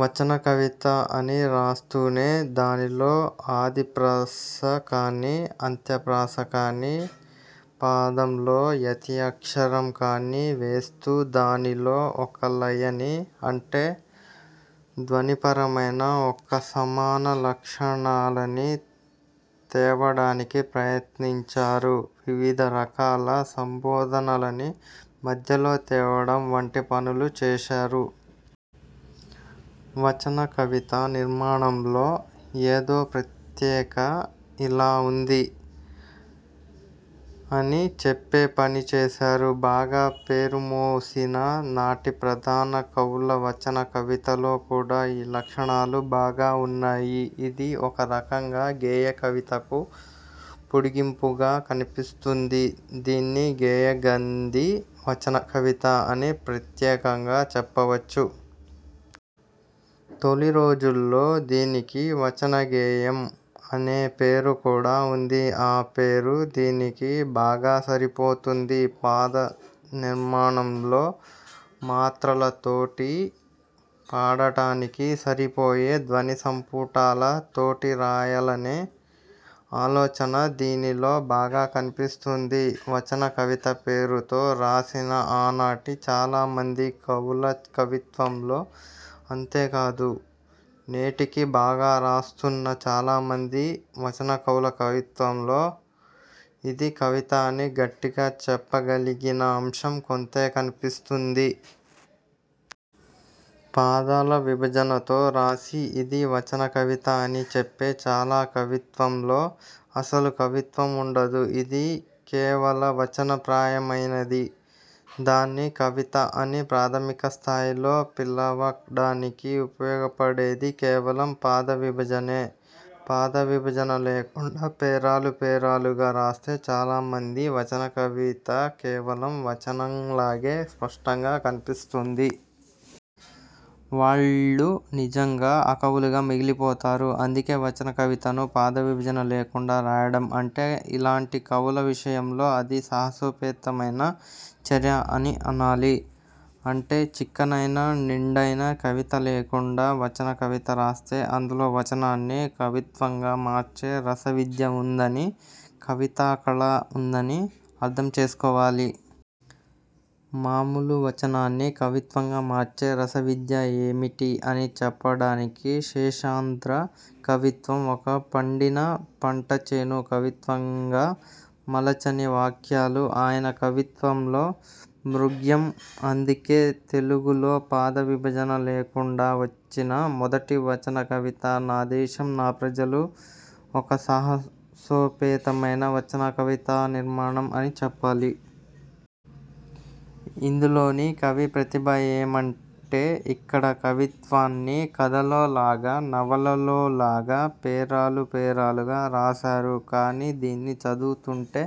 వచన కవిత అని రాస్తూనే దానిలో ఆది ప్రాస కాని, అంత్య ప్రాస కాని, పాదంలో యతి అక్షరం కాని వేస్తూ దానిలో ఒక లయని అంటే ధ్వనిపరమైన ఒక సమాన లక్షణాలని తేవడానికి ప్రయత్నించారు. వివిధ రకాల సంబోధనలని మధ్యలో తేవడం వంటి పనులు చేశారు. వచనకవిత నిర్మాణంలో ఏదో ప్రత్యేక ఇలా ఉంది అని చెప్పే పనిచేశారు. బాగా పేరుమోసిన నాటి ప్రధాన కవుల వచన కవితలో కూడా ఈ లక్షణాలు బాగా ఉన్నాయి. ఇది ఒక రకంగా గేయ కవితకు పొడిగింపుగా కనిపిస్తుంది. దీన్ని గేయగంధి వచన కవిత అని ప్రత్యేకంగా చెప్పవచ్చు. తొలి రోజుల్లో దీనికి వచనగేయం అనే పేరు కూడా ఉంది. ఆపేరు దీనికి బాగా సరిపోతుంది. పాద నిర్మాణంలో మాత్రల తోటి పాడటానికి సరిపోయే ధ్వనిసంపుటాల తోటి రాయాలనే ఆలోచన దీనిలో బాగా కనిపిస్తుంది. వచన కవిత పేరుతో రాసిన ఆనాటి చాలా మంది కవుల కవిత్వంలో, అంతే కాదు నేటికీ బాగా రాస్తున్న చాలా మంది వచన కవుల కవిత్వంలో ఇది కవిత అని గట్టిగా చెప్పగలిగిన అంశం కొంతే కనిపిస్తుంది. పాదాల విభజనతో రాసి ఇది వచన కవిత అని చెప్పే చాలా కవిత్వంలో అసలు కవిత్వం ఉండదు. అది కేవల వచన ప్రాయమైనది. దాన్ని కవిత అని ప్రాథమిక స్థాయిలో పిలవ డానికి ఉపయోగపడేది కేవలం పాదవిభజనే. పాదవిభజన లేకుండా పేరాలు పేరాలుగా రాస్తే చాలా మంది వచన కవిత కేవలం వచనంలాగే స్పష్టంగా కనిపిస్తుంది. వాళ్ళు నిజంగా అకవులుగా మిగిలిపోతారు. అందుకే వచన కవితను పాద విభజన లేకుండా రాయడం అంటే ఇలాంటి కవుల విషయంలో అది సాహసోపేతమైన చర్య అని అనాలి. అంటే చిక్కనైన నిండైన కవిత లేకుండా వచన కవిత రాస్తే అందులో వచనాన్ని కవిత్వంగా మార్చే రసవిద్య ఉందని, కవితా కళ ఉందని అర్థం చేసుకోవాలి. మామూలు వచనాన్ని కవిత్వంగా మార్చే రసవిద్య ఏమిటి అని చెప్పడానికి శేషేంద్ర కవిత్వం ఒక పండిన పంటచేను. కవిత్వంగా మలచని వాక్యాలు ఆయన కవిత్వంలో మృగ్యం. అందుకే తెలుగులో పాద విభజన లేకుం డా వచ్చిన మొదటి వచనకవిత 'నాదేశం నా ప్రజలు' ఒక సాహసోపేతమైన వచనకవితా నిర్మాణం అని చెప్పాలి. ఇందులోని కవి ప్రతిభ ఏమంటే ఇక్కడ కవిత్వాన్ని కథలో లాగా నవలలో లాగా పేరాలు పేరాలుగా రాసారు. కాని దీన్ని చదువుతుంటే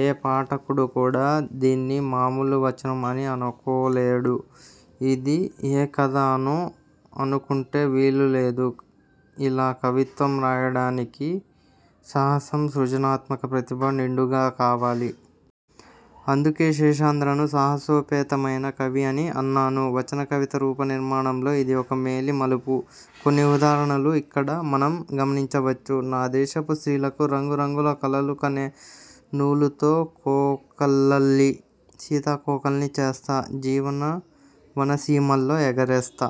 ఏ పాఠకుడు కూడా దీన్ని మాములు వచనం అని అనుకోలేడు. ఇది ఏ కథ అనో అనుకునే వీలు లేదు. ఇలా కవిత్వం రాయడానికి సాహసం, సృజనాత్మక ప్రతిభ నిండుగా కావాలి. అందుకే శేషేంద్రను సాహసోపే తమైన కవి అని అన్నాను. వచన కవిత రూప నిర్మాణంలో ఇది ఒక మేలి మలుపు. కొన్ని ఉదాహరణలు ఇక్కడ మనం గమనించవచ్చు: ''నా దేశపు స్త్రీలకు రంగు రంగుల కలలు కనే నూలుతో కోకలల్లి, సీతాకోకల్ని చేస్తా, జీవన వనసీమల్లో ఎగరేస్తా.